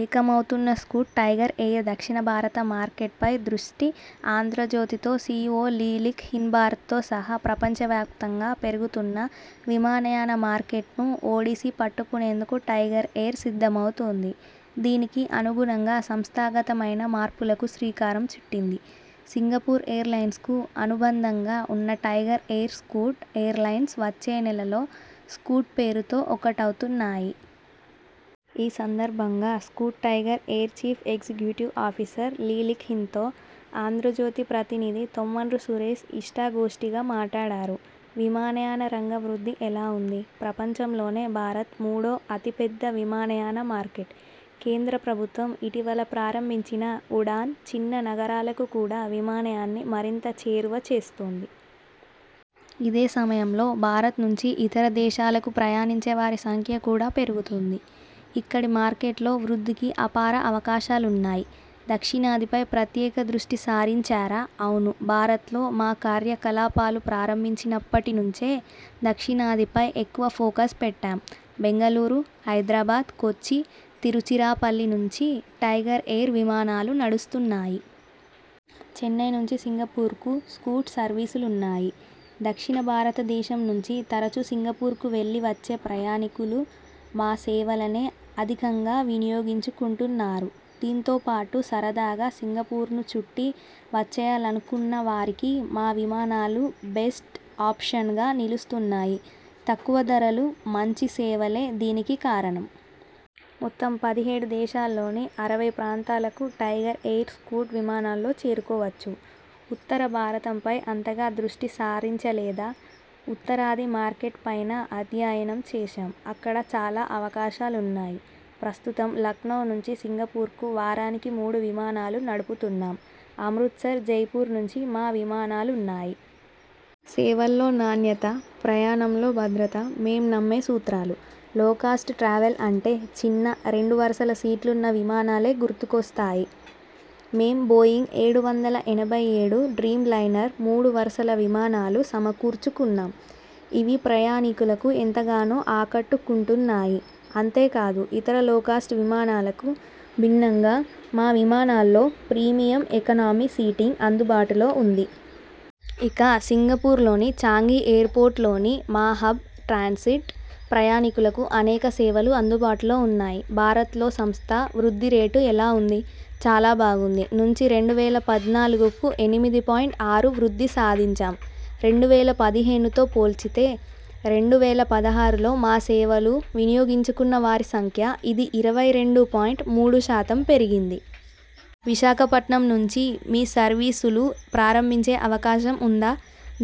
ఏకమవుతున్న Scoot, Tiger ఎయిర్దక్షిణ భారత మార్కెట్పై దృష్టి 'ఆంధ్రజ్యోతి'తో సిఇఒ లీ లిక్ హిన్భారత్తో సహా ప్రపంచవ్యాప్తంగా పెరుగుతున్న విమానయాన మార్కెట్ను ఒడిసి పట్టుకునేందుకు 'టైగర్ ఎయిర్' సిద్ధమవుతోంది. దీనికి అనుగుణంగా సంస్థాగతమైన మార్పులకు శ్రీకారం చుట్టింది. సింగపూర్ ఎయిర్లైన్స్కు అనుబంధంగా ఉన్న టైగర్ ఎయిర్, స్కూట్ ఎయిర్లైన్స్ వచ్చే నెలలో 'స్కూట్' పేరుతో ఒక్కటవుతున్నాయి. ఈ సందర్భంగా Scoot Tiger Air chief executive officer Lee Lik హిన్తో ఆంధ్రజ్యోతి ప్రతినిధి తొమ్మండ్రు సురేశ్ ఇష్ఠా గోష్ఠిగా మాటాడారు. విమానయాన రంగ వృద్ధి ఎలా ఉంది? ప్రపంచంలోనే భారత్ మూడో అతిపెద్ద విమానయాన మార్కెట్. కేంద్ర ప్రభుత్వం ఇటీవల ప్రారంభించిన 'ఉడాన్' చిన్న నగరాలకు కూడా విమానయాన్ని మరింత చేరువ చేస్తోంది. ఇదే సమయంలో భారత్ నుంచి ఇతర దేశాలకు ప్రయాణించే వారి సంఖ్య కూడా పెరుగుతుంది. ఇక్కడి మార్కెట్లో వృద్ధికి అపార అవకాశాలున్నాయి. దక్షిణాదిపై ప్రత్యేక దృష్టి సారించారా? ఔను! భారత్లో మా కార్యకలాపాలు ప్రారంభించినప్పటి నుంచే దక్షిణాదిపై ఎక్కువ ఫోకస్ పెట్టాం. బెంగళూరు, హైదరాబాద్, కోచి, తిరుచిరాపల్లి నుంచి టైగర్ ఎయిర్ విమానాలు నడుస్తున్నాయి. చెన్నై నుంచి సింగపూర్కు 'స్కూట్' సర్వీసులున్నాయి. దక్షిణ భారత దేశం నుంచి తరచూ సింగపూర్కు వెళ్లి, వచ్చే ప్రయాణికులు మా సేవలనే అధికంగా వినియోగించుకుంటున్నారు. దీంతో పాటు సరదాగా సింగపూర్ను చుట్టి వచ్చేయాలనుకున్న వారికీ మా విమానాలు బెస్ట్ ఆప్షన్గా నిలుస్తున్నాయి. తక్కువ ధరలు, మంచి సేవలే దీనికి కారణం. మొత్తం పదిహేడు దేశాల్లోని అరవై ప్రాంతాలకు టైగర్ ఎయిర్, స్కూట్ విమానాల్లో చేరుకోవచ్చు. ఉత్తర భారతంపై అంతగా దృష్టి సారించలేదా? ఉత్తరాది మార్కెట్పైనా అధ్యయనం చేశాం. అక్కడా చాలా అవకాశాలున్నాయి. ప్రస్తుతం లఖ్నవ్ నుంచి సింగపూర్కు వారానికి మూడు విమానాలు నడుపుతున్నాం. అమృత్సర్, జైపూర్ నుంచీ మా విమానాలున్నాయి. సేవల్లో నాణ్యత, ప్రయాణంలో భద్రత మేం నమ్మే సూత్రాలు. లోకాస్ట్ ట్రావెల్ అంటే చిన్న, రెండు వరుసల సీట్లున్న విమానాలే గుర్తుకొస్తాయి. మేం బోయింగ్ ఏడు వందల ఎనభై ఏడు డ్రీమ్లైనర్ మూడు వరుసల విమానాలు సమకూర్చుకున్నాం. ఇవి ప్రయాణికులకు ఎంతగానో ఆకట్టుకుంటున్నాయి. అంతేకాదు, ఇతర లోకాస్ట్ విమానాలకు భిన్నంగా మా విమానాల్లో ప్రీమియం ఎకానమీ సీటింగ్ అందుబాటులో ఉంది. ఇక సింగపూర్లోని చాంగి ఎయిర్పోర్టులోని మా హబ్ 'ట్రాన్సిట్' ప్రయాణికులకు అనేక సేవలు అందుబాటులో ఉన్నాయి. భారత్లో సంస్థ వృద్ధి రేటు ఎలా ఉంది? చాలా బాగుంది. నుంచి రెండు వేల పద్నాలుగుకు ఎనిమిది పాయింట్ ఆరు వృద్ధి సాధించాం. రెండు వేల పదిహేనుతో పోల్చితే రెండు వేల పదహారులో మా సేవలు వినియోగించుకున్న వారి సంఖ్య ఇది ఇరవై రెండు పాయింట్ మూడు శాతం పెరిగింది. విశాఖపట్నం నుంచి మీ సర్వీసులు ప్రారంభించే అవకాశం ఉందా?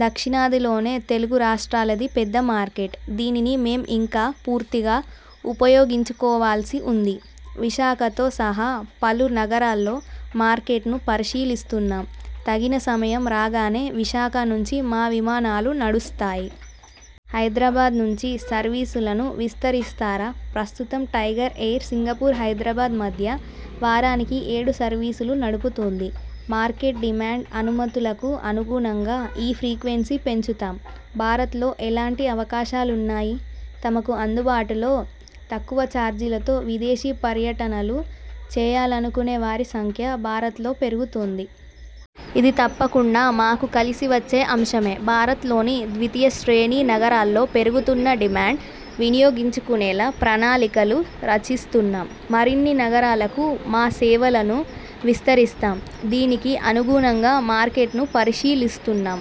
దక్షిణాది లోనే తెలుగు రాష్ట్రాలది పెద్ద మార్కెట్. దీనిని మేం ఇంకా పూర్తిగా ఉపయోగించుకోవాల్సి ఉంది. విశాఖతో సహా పలు నగరాల్లో మార్కెట్ను పరిశీలిస్తున్నాం. తగిన సమయం రాగానే విశాఖ నుంచి మా విమానాలు నడుస్తాయి. హైదరాబాద్ నుంచి సర్వీసులను విస్తరిస్తారా? ప్రస్తుతం టైగర్ ఎయిర్ సింగపూర్-హైదరాబాద్ మధ్య వారానికి ఏడు సర్వీసులు నడుపుతోంది. మార్కెట్ డిమాండ్, అనుమతులకు అనుగుణంగా ఈ ఫ్రీక్వెన్సీ పెంచుతాం. భారత్లో ఎలాంటి అవకాశాలున్నాయి? తమకు అందుబాటులో, తక్కువ చార్జీలతో విదేశీ పర్యటనలు చేయాలనుకునే వారి సంఖ్య భారత్లో పెరుగుతోంది. ఇది తప్పకుండా మాకు కలిసి వచ్చే అంశమే. భారత్లోని ద్వితీయ శ్రేణి నగరాల్లో పెరుగుతున్న డిమాండ్ వినియోగించుకునేలా ప్రణాళికలు రచిస్తున్నాం. మరిన్ని నగరాలకు మా సేవలను విస్తరిస్తాం. దీనికి అనుగుణంగా మార్కెట్ను పరిశీలిస్తున్నాం.